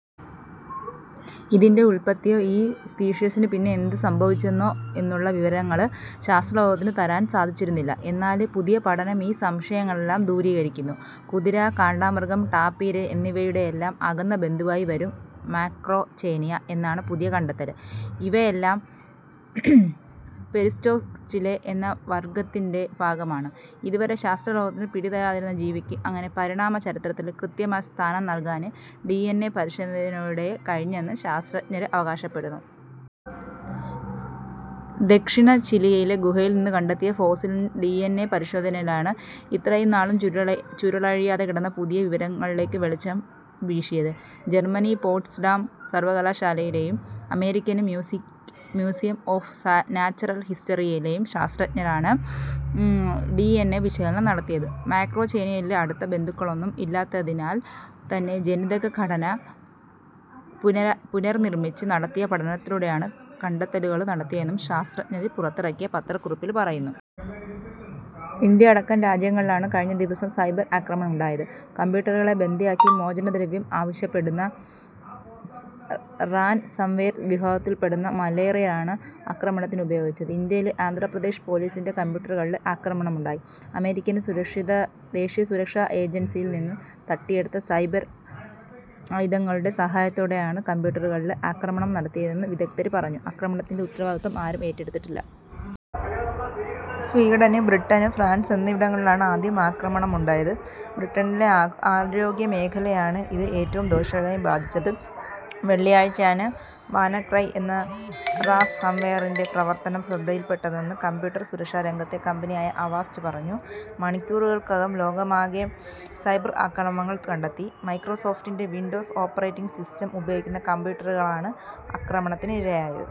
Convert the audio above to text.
ഇതിന്റെ ഉത്പത്തിയോ ഈ സ്പീഷിസിന് പിന്നെ എന്ത് സംഭവിച്ചെന്നോ എന്നുള്ള വിവരങ്ങള് ശാസ്ത്രലോകത്തിന് തരാന് സാധിച്ചിരുന്നില്ല. എന്നാല് പുതിയ പഠനം ഈ സംശയങ്ങളെല്ലാം ദൂരീകരിക്കുന്നു. കുതിര, കണ്ടാമൃഗം, ടാപിര് എന്നിവയുടെയെല്ലാം അകന്ന ബന്ധുവായി വരും മക്രോചേനിയ എന്നാണ് പുതിയ കണ്ടെത്തല്. ഇവയെല്ലാം പെരിസ്സോഡാക്റ്റില എന്ന വര്ഗ്ഗത്തിന്റെ ഭാഗമാണ്. ഇതുവരെ ശാസ്ത്ര ലോകത്തിന് പിടി തരാതിരുന്ന ജീവിക്ക് അങ്ങനെ പരിണാമ ചരിത്രത്തില് കൃത്യമായ സ്ഥാനം നല്കാന് ഡിഎന്എ പരിശോധനയിലൂടെ കഴിഞ്ഞെന്ന് ശാസ്ത്രജ്ഞര് അവകാശപ്പെടുന്നു. ദക്ഷിണ ചിലിയിലെ ഗുഹയില് നിന്ന് കണ്ടെത്തിയ ഫോസിലിന്റെ ഡിഎന്എ പരിശോധനയാണ് ഇത്ര നാളും ചുരുളഴിയാതിരുന്ന പുതിയ വിവരങ്ങളിലേക്ക് വെളിച്ചം വീശിയത്. ജര്മ്മനി പോട്സ്ഡാം സര്വ്വകലാശാലയിലെയും അമേരിക്കന് മ്യൂസിയം ഓഫ് നാച്ചറല് ഹിസ്റ്ററിയിലെയും ശാസത്രജ്ഞരാണ് ഡിഎന്എ വിശകലനം നടത്തിയത്. മക്രോചേനിയയ്ക്ക് അടുത്ത ബന്ധുക്കളൊന്നും ഇല്ലാത്തിനാല് തന്നെ ജനിതക ഘടന പുനര്നിര്മ്മിച്ച് നടത്തിയ പഠനത്തിലൂടെയാണ് കണ്ടെത്തലുകള് നടത്തിയതെന്നും ശാസ്ത്രജ്ഞര് പുറത്തിറക്കിയ പത്രക്കുറിപ്പില് പറയുന്നു. ഇന്ത്യയടക്കം രാജ്യങ്ങളിലാണ് കഴിഞ്ഞ ദിവസം സൈബര് ആക്രമണമുണ്ടായത്. കംപ്യൂട്ടറുകളെ ബന്ദിയാക്കി മോചനദ്രവ്യം ആവശ്യപ്പെടുന്ന റാന്സംവേര് വിഭാഗത്തില്പ്പെടുന്ന മാല്വേറാണ് ആക്രമണത്തിനുപയോഗിച്ചത്. ഇന്ത്യയില് ആന്ധ്രാപ്രദേശ് പോലീസിന്റെ കംപ്യൂട്ടറുകളില് ആക്രമണമുണ്ടായി. അമേരിക്കന് ദേശീയസുരക്ഷാ ഏജന്സിയില് നിന്ന് തട്ടിയെടുത്ത 'സൈബര് ആയുധങ്ങളു'ടെ സഹായത്തോടെയാണ് കംപ്യൂട്ടറുകളില് ആക്രമണം നടത്തിയതെന്ന് വിദഗ്ധര് പറഞ്ഞു. ആക്രമണത്തിന്റെ ഉത്തരവാദിത്വം ആരും ഏറ്റിട്ടില്ല. സ്വീഡന്, ബ്രിട്ടന്, ഫ്രാന്സ് എന്നിവിടങ്ങളിലാണ് ആദ്യം ആക്രമണമുണ്ടായത്. ബ്രിട്ടനിലെ ആരോഗ്യമേഖലയെയാണ് ഇത് ഏറ്റവും ദോഷകരമായി ബാധിച്ചത്. വെള്ളിയാഴ്ചയാണ് 'വാനാക്രൈ' എന്ന റാന്സംവേറിന്റെ പ്രവര്ത്തനം ശ്രദ്ധയില്പ്പെട്ടതെന്ന് കമ്പ്യൂട്ടര് സുരക്ഷാരംഗത്തെ കമ്പനിയായ അവാസ്റ്റ് പറഞ്ഞു. മണിക്കൂറുകള്ക്കകം ലോകമാകെ സൈബര് ആക്രമണങ്ങള് കണ്ടെത്തി. മൈക്രോസോഫ്റ്റിന്റെ വിന്ഡോസ് ഓപ്പറേറ്റിങ് സിസ്റ്റം ഉപയോഗിക്കുന്ന കംപ്യൂട്ടറുകളാണ് ആക്രമണത്തിനിരയായത്.